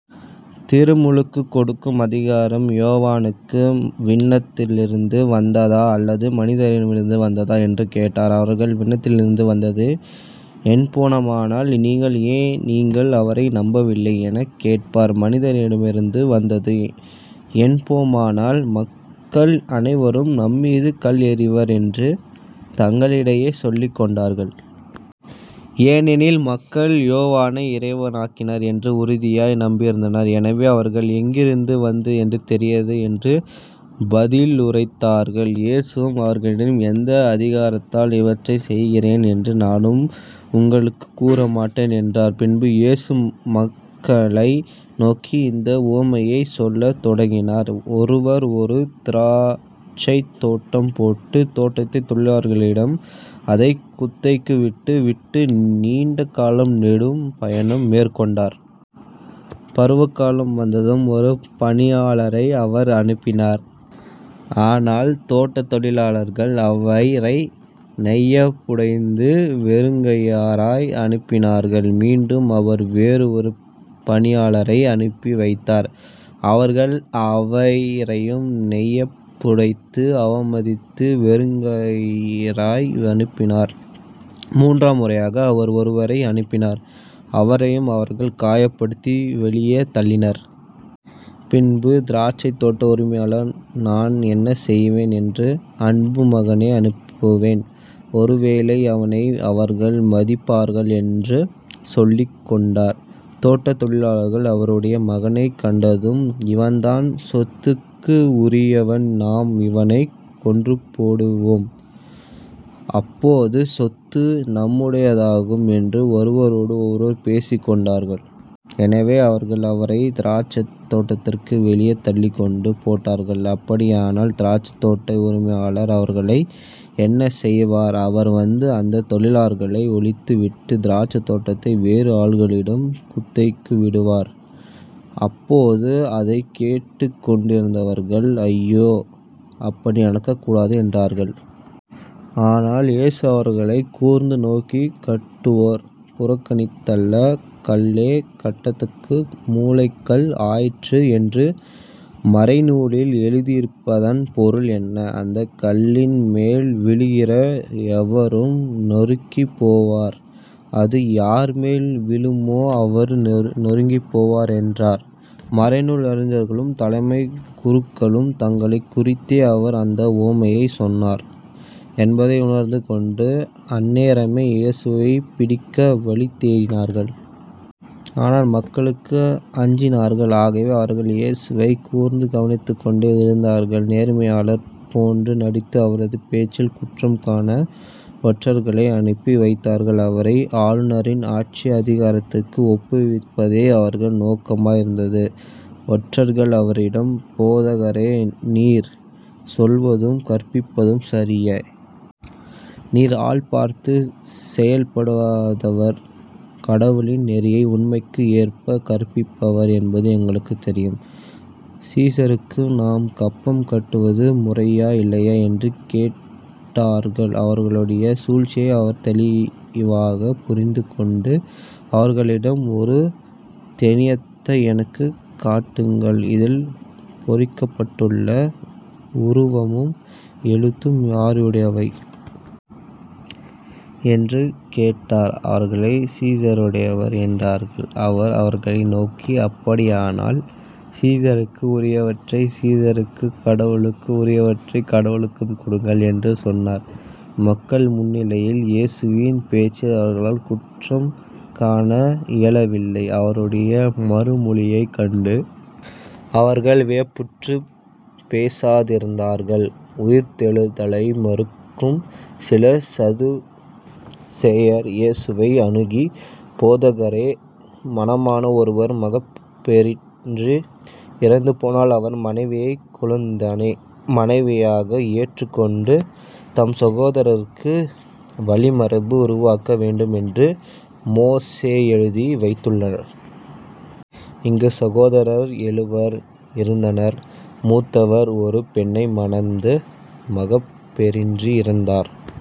திருமுழுக்குக் கொடுக்கும் அதிகாரம் யோவானுக்கு விண்ணகத்திலிருந்து வந்ததா அல்லது மனிதரிடமிருந்து வந்ததா? என்று கேட்டார். அவர்கள் விண்ணகத்திலிருந்து வந்தது என்போமானால் ஏன் நீங்கள் அவரை நம்பவில்லை? எனக் கேட்பார் மனிதரிடமிருந்து வந்தது என்போமானால் மக்கள் அனைவரும் நம்மீது கல் எறிவர் என்று தங்களிடையே சொல்லிக் கொண்டார்கள். ஏனெனில் மக்கள் யோவானை இறைவாக்கினர் என்று உறுதியாய் நம்பியிருந்தனர். எனவே அவர்கள் எங்கிருந்து வந்தது எனத் தெரியாது என்று பதிலுரைத்தார்கள். இயேசுவும் அவர்களிடம் எந்த அதிகாரத்தால் இவற்றைச் செய்கிறேன் என்று நானும் உங்களுக்குக் கூறமாட்டேன் என்றார். பின்பு இயேசு மக்களை நோக்கி இந்த உவமையைச் சொல்லத் தொடங்கினார் ஒருவர் ஒரு திராட்சைத் தோட்டம் போட்டு தோட்டத் தொழிலாளர்களிடம் அதைக் குத்தகைக்கு விட்டு விட்டு நீண்ட காலம் நெடும் பயணம் மேற்கொண்டார். பருவகாலம் வந்ததும் ஒரு பணியாளரை அவர் அனுப்பினார். ஆனால் தோட்டத் தொழிலாளர்கள் அவரை நையப்புடைத்து வெறுங்கையராய் அனுப்பினார்கள். மீண்டும் அவர் வேறு ஒரு பணியாளரை அனுப்பி வைத்தார். அவர்கள் அவரையும் நையப்புடைத்து அவமதித்து வெறுங்கையராய் அனுப்பினார்கள். மூன்றாம் முறையாக அவர் ஒருவரை அனுப்பினார். அவரையும் அவர்கள் காயப்படுத்தி வெளியே தள்ளினர். பின்பு திராட்சைத் தோட்ட உரிமையாளர் நான் என்ன செய்வேன்? என் அன்பு மகனை அனுப்புவேன். ஒருவேளை அவனை அவர்கள் மதிப்பார்கள் என்று சொல்லிக்கொண்டார். தோட்டத் தொழிலாளர்கள் அவருடைய மகனைக் கண்டதும் இவன்தான் சொத்துக்கு உரியவன் நாம் இவனைக் கொன்றுபோடுவோம். அப்போது சொத்து நம்முடையதாகும் என்று ஒருவரோடு ஒருவர் பேசிக் கொண்டார்கள். எனவே அவர்கள் அவரைத் திராட்சைத் தோட்டத்திற்கு வெளியே தள்ளிக் கொன்று போட்டார்கள். அப்படியானால் திராட்சைத் தோட்ட உரிமையாளர் அவர்களை என்ன செய்வார்? அவர் வந்து அந்தத் தொழிலாளர்களை ஒழித்து விட்டு திராட்சைத் தோட்டத்தை வேறு ஆள்களிடம் குத்தகைக்கு விடுவார். அப்போது அதைக் கேட்டுக்கொண்டிருந்தவர்கள் ஐயோ அப்படி நடக்கக் கூடாது என்றார்கள். ஆனால் இயேசு அவர்களைக் கூர்ந்து நோக்கி கட்டுவோர் புறக்கணித்த கல்லே கட்டடத்துக்கு மூலைக்கல் ஆயிற்று என்று மறைநூலில் எழுதியிருப்பதன் பொருள் என்ன? அந்தக் கல்லின் மேல் விழுகிற எவரும் நொறுங்கிப் போவார் அது யார்மேல் விழுமோ அவரும் நசுங்கிப்போவார் என்றார். மறைநூல் அறிஞர்களும் தலைமைக் குருக்களும் தங்களைக் குறித்தே அவர் இந்த உவமையைச் சொன்னார் என்பதை உணர்ந்து கொண்டு அந்நேரமே இயேசுவைப் பிடிக்க வழிதேடினார்கள். ஆனால் மக்களுக்கு அஞ்சினார்கள். ஆகவே அவர்கள் இயேசுவைக் கூர்ந்து கவனித்துக்கொண்டே இருந்தார்கள். நேர்மையாளர் போன்று நடித்து அவரது பேச்சில் குற்றம் காண ஒற்றர்களை அனுப்பி வைத்தார்கள் அவரை ஆளுநரின் ஆட்சி அதிகாரத்திற்கு ஒப்புவிப்பதே அவர்கள் நோக்கமாய் இருந்தது. ஒற்றர்கள் அவரிடம் போதகரே நீர் சொல்வதும் கற்பிப்பதும் சரியே. நீர் ஆள் பார்த்துச் செயல்படாதவர். கடவுளின் நெறியை உண்மைக்கு ஏற்பக் கற்பிப்பவர் என்பது எங்களுக்குத் தெரியும். சீசருக்கு நாம் கப்பம் கட்டுவது முறையா இல்லையா? என்று கேட்டார்கள் அவர்களுடைய சூழ்ச்சியை அவர் தெளிவாகப் புரிந்துகொண்டு அவர்களிடம் ஒரு தெனியத்தை எனக்குக் காட்டுங்கள் இதில் பொறிக்கப்பட்டுள்ள உருவமும் எழுத்தும் யாருடையவை? என்று கேட்டார். அவர்கள் சீசருடையவை என்றார்கள். அவர் அவர்களை நோக்கி அப்படியானால் சீசருக்கு உரியவற்றைச் சீசருக்கும் கடவுளுக்கு உரியவற்றைக் கடவுளுக்கும் கொடுங்கள் என்று சொன்னார். மக்கள் முன்னிலையில் இயேசுவின் பேச்சில் அவர்களால் குற்றம் காண இயலவில்லை. அவருடைய மறுமொழியைக் கண்டு அவர்கள் வியப்புற்றுப் பேசாதிருந்தார்கள். உயிர்த்தெழுதலை மறுக்கும் சில சதுசேயர் இயேசுவை அணுகி போதகரே மணமான ஒருவர் மகப்பேறின்றி இறந்துபோனால் அவர் மனைவியைக் கொழுந்தனே மனைவியாக ஏற்றுக் கொண்டு தம் சகோதரருக்கு வழிமரபு உருவாக்க வேண்டும் என்று மோசே எழுதி வைத்துள்ளார். இங்குச் சகோதரர் எழுவர் இருந்தனர். மூத்தவர் ஒரு பெண்ணை மணந்து மகப்பேறின்றி இறந்தார்.